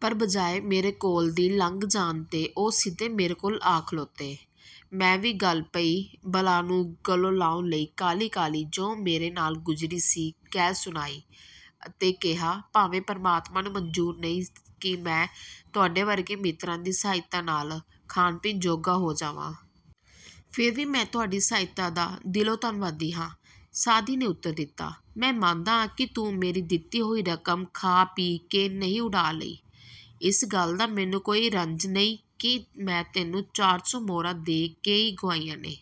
ਪਰ ਬਜਾਏ ਮੇਰੇ ਕੋਲ ਦੀ ਲੰਘ ਜਾਣ ਦੇ ਉਹ ਸਿੱਧੇ ਮੇਰੇ ਕੋਲ ਆ ਖੜੋਤੇ। ਮੈਂ ਵੀ ਗਲ ਪਈ ਬਲਾ ਨੂੰ ਗਲੋਂ ਲਾਹੁਣ ਲਈ ਕਾਹਲੀ ਕਾਹਲੀ ਜੋ ਮੇਰੇ ਨਾਲ ਗੁਜ਼ਰੀ ਸੀ ਕਹਿ ਸੁਣਾਈ ਅਤੇ ਕਿਹਾ, "ਭਾਵੇਂ ਪਰਮਾਤਮਾ ਨੂੰ ਮਨਜ਼ੂਰ ਨਹੀਂ ਕਿ ਮੈਂ ਤੁਹਾਡੇ ਵਰਗੇ ਮਿੱਤਰਾਂ ਦੀ ਸਹਾਇਤਾ ਨਾਲ ਖਾਣ ਪੀਣ ਜੋਗਾ ਹੋ ਜਾਵਾਂ। ਫੇਰ ਵੀ ਮੈਂ ਤੁਹਾਡੀ ਸਹਾਇਤਾ ਦਾ ਦਿਲੋਂ ਧੰਨਵਾਦੀ ਆਂ। " ਸਾਅਦੀ ਨੇ ਉੱਤਰ ਦਿੱਤਾ, "ਮੈਂ ਮੰਨਦਾ ਆਂ ਕਿ ਤੂੰ ਮੇਰੀ ਦਿੱਤੀ ਹੋਈ ਰਕਮ ਖਾ ਪੀ ਕੇ ਨਹੀਂ ਉਡਾ ਲਈ। ਇਸ ਗੱਲ ਦਾ ਮੈਨੂੰ ਕੋਈ ਰੰਜ ਨਹੀਂ ਕਿ ਮੈਂ ਤੈਨੂੰ ਚਾਰ ਸੌ ਮੁਹਰਾਂ ਦੇ ਕੇ ਈ ਗਵਾਈਆਂ ਨੇ।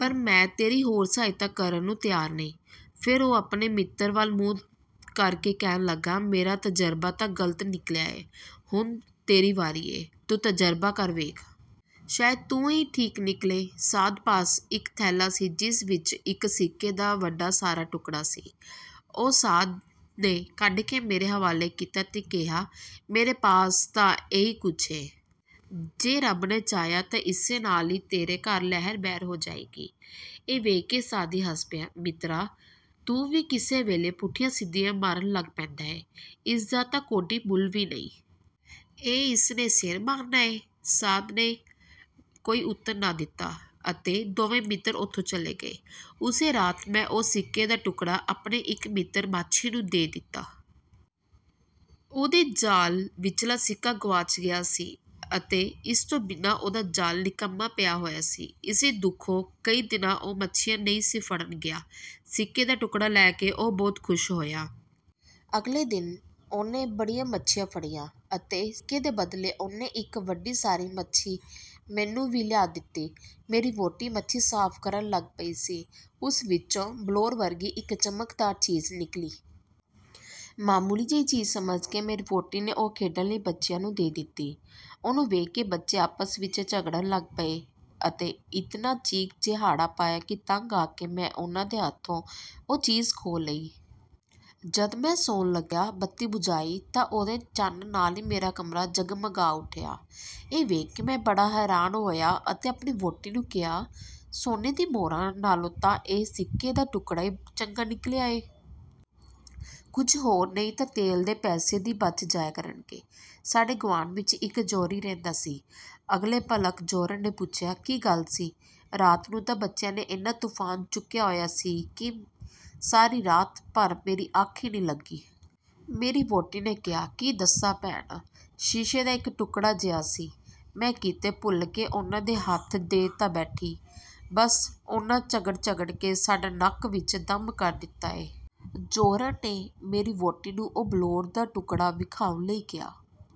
ਪਰ ਮੈਂ ਤੇਰੀ ਹੋਰ ਸਹਾਇਤਾ ਕਰਨ ਨੂੰ ਤਿਆਰ ਨਹੀਂ। " ਫੇਰ ਉਹ ਆਪਣੇ ਮਿੱਤਰ ਵਲ ਮੂੰਹ ਕਰ ਕੇ ਕਹਿਣ ਲਗਾ, "ਮੇਰਾ ਤਜ਼ਰਬਾ ਤਾਂ ਗ਼ਲਤ ਨਿਕਲਿਆ ਏ। ਹੁਣ ਤੇਰੀ ਵਾਰੀ ਏ! ਤੂੰ ਤਜਰਬਾ ਕਰ ਵੇਖ! ਸ਼ਾਇਦ ਤੂੰ ਈ ਠੀਕ ਨਿਕਲੇਂ। " ਸਾਅਦ ਪਾਸ ਇਕ ਥੈਲਾ ਸੀ ਜਿਸ ਵਿਚ ਇਕ ਸਿੱਕੇ ਦਾ ਵੱਡਾ ਸਾਰਾ ਟੁਕੜਾ ਸੀ। ਉਹ ਸਾਅਦ ਨੇ ਕੱਢ ਕੇ ਮੇਰੇ ਹਵਾਲੇ ਕੀਤਾ ਅਤੇ ਕਿਹਾ, "ਮੇਰੇ ਪਾਸ ਤਾਂ ਏਹੀ ਕੁਝ ਏ। ਜੇ ਰੱਬ ਨੇ ਚਾਹਿਆ ਤਾਂ ਇਸੇ ਨਾਲ ਈ ਤੇਰੇ ਘਰ ਲਹਿਰ ਬਹਿਰ ਹੋ ਜਾਏਗੀ। " ਇਹ ਵੇਖ ਕੇ ਸਾਅਦੀ ਹੱਸ ਪਿਆ, "ਮਿੱਤਰਾ! ਤੂੰ ਵੀ ਕਿਸੇ ਵੇਲੇ ਪੁੱਠੀਆਂ ਸਿੱਧੀਆਂ ਮਾਰਨ ਲੱਗ ਪੈਂਦਾ ਏਂ। ਇਸ ਦਾ ਤਾਂ ਕੌਡੀ ਮੁਲ ਵੀ ਨਹੀਂ। ਇਹ ਇਸ ਨੇ ਸਿਰ ਮਾਰਨਾਂ ਏ? " ਸਾਅਦ ਨੋ ਕੋਈ ਉੱਤਰ ਨਾ ਦਿਤਾ ਅਤੇ ਦੋਵੇਂ ਮਿੱਤਰ ਉਥੋਂ ਚਲੇ ਗਏ। ਉਸੇ ਰਾਤ ਮੈਂ ਉਹ ਸਿੱਕੇ ਦਾ ਟੁਕੜਾ ਆਪਣੇ ਇਕ ਮਿੱਤਰ ਮਾਛੀ ਨੂੰ ਦੇ ਦਿੱਤਾ। ਉਹਦੇ ਜਾਲ ਵਿਚਲਾ ਸਿੱਕਾ ਗਵਾਚ ਗਿਆ ਸੀ ਅਤੇ ਇਸ ਤੋਂ ਬਿਨਾਂ ਉਹਦਾ ਜਾਲ, ਨਿਕੰਮਾ ਪਿਆ ਹੋਇਆ ਸੀ। ਇਸੇ ਦੁਖੋਂ ਕਈ ਦਿਨ ਉਹ ਮੱਛੀਆਂ ਨਹੀਂ ਸੀ ਫੜਨ ਗਿਆ। ਸਿੱਕੇ ਦਾ ਟੁਕੜਾ ਲੈ ਕੇ ਉਹ ਬਹੁਤ ਖ਼ੁਸ਼ ਹੋਇਆ। ਅਗਲੇ ਦਿਨ ਉਹਨੇ ਬੜੀਆਂ ਮੱਛੀਆਂ ਫੜੀਆਂ ਅਤੇ ਸਿੱਕੇ ਦੇ ਬਦਲੇ ਉਹਨੇ ਇਕ ਵੱਡੀ ਸਾਰੀ ਮੱਛੀ ਮੈਨੂੰ ਵੀ ਲਿਆ ਦਿਤੀ। ਮੇਰੀ ਵਹੁਟੀ ਮੱਛੀ ਸਾਫ਼ ਕਰਨ ਲਗ ਪਈ। ਉਸ ਵਿਚੋਂ ਬਲੌਰ ਵਰਗੀ ਇਕ ਚਮਕਦਾਰ ਚੀਜ਼ ਨਿਕਲੀ। ਮਾਮੂਲੀ ਜਿਹੀ ਚੀਜ਼ ਸਮਝ ਕੇ ਮੇਰੀ ਵਹੁਟੀ ਨੇ ਉਹ ਖੇਡਣ ਲਈ ਬੱਚਿਆਂ ਨੂੰ ਦੇ ਦਿੱਤੀ। ਉਹਨੂੰ ਵੇਖ ਕੇ ਬੱਚੇ ਆਪਸ ਵਿਚ ਝਗੜਨ ਲੱਗ ਪਏ ਅਤੇ ਇਤਨਾ ਚੀਕ ਚਿਹਾੜਾ ਪਾਇਆ ਕਿ ਤੰਗ ਆ ਕੇ ਮੈਂ ਉਹਨਾਂ ਦੇ ਹੱਥੋਂ ਉਹ ਚੀਜ਼ ਖੋਹ ਲਈ। ਜਦ ਮੈਂ ਸੌਣ ਲਗਿਆਂ ਬੱਤੀ ਬੁਝਾਈ ਤਾਂ ਉਹਦੇ ਚਾਨਣ ਨਾਲ ਹੀ ਕਮਰਾ ਜਗਮਗਾ ਉਠਿਆ ਇਹ ਵੇਖ ਕੇ ਮੈਂ ਬੜਾ ਹੈਰਾਨ ਹੋਇਆ ਅਤੇ ਆਪਣੀ ਵਹੁਟੀ ਨੂੰ ਕਿਹਾ, "ਸੋਨੇ ਦੀਆਂ ਮੁਹਰਾਂ ਨਾਲੋਂ ਤਾਂ ਇਹ ਸਿੱਕੇ ਦਾ ਟੁਕੜਾ ਈ ਚੰਗਾ ਨਿਕਲਿਆ ਏ। ਹੋਰ ਕੁਝ ਨਹੀਂ ਤਾਂ ਤੇਲ ਦੇ ਪੈਸੇ ਦੀ ਬੱਚ ਜਾਇਆ ਕਰਨਗੇ। " ਸਾਡੇ ਗਵਾਂਢ ਵਿਚ ਹੀ ਇਕ ਜੌਹਰੀ ਰਹਿੰਦਾ ਸੀ। ਅਗਲੇ ਭਲਕ ਜੌਹਰਣ ਨੇ ਪੁੱਛਿਆ, "ਕੀ ਗੱਲ ਸੀ, ਰਾਤ ਨੂੰ ਤਾਂ ਬੱਚਿਆਂ ਨੇ ਐਨਾ ਤੁਫ਼ਾਨ ਚੁਕਿਆ ਹੋਇਆ ਸੀ ਕਿ ਸਾਰੀ ਰਾਤ ਭਰ ਮੇਰੀ ਅੱਖ ਈ ਨਹੀਂ ਲੱਗੀ। " ਮੇਰੀ ਵਹੁਟੀ ਨੇ ਕਿਹਾ, "ਕੀ ਦੱਸਾਂ, ਭੈਣ! ਸ਼ੀਸ਼ੇ ਦਾ ਇਕ ਟੁਕੜਾ ਜਿਹਾ ਸੀ। ਮੈਂ ਕਿਤੇ ਭੁਲ ਕੇ ਉਹਨਾਂ ਦੇ ਹੱਥ ਦੇ ਤਾਂ ਬੈਠੀ, ਬੱਸ ਉਹਨਾਂ ਝਗੜ ਝਗੜ ਕੇ ਸਾਡਾ ਨੱਕ ਵਿਚ ਦੱਮ ਕਰ ਦਿੱਤਾ ਏ। " ਜੌਹਰਣ ਨੇ ਮੇਰੀ ਵਹੁਟੀ ਨੂੰ ਉਹ ਬਲੌਰ ਦਾ ਟੁਕੜਾ ਵਿਖਾਉਣ ਲਈ ਕਿਹਾ।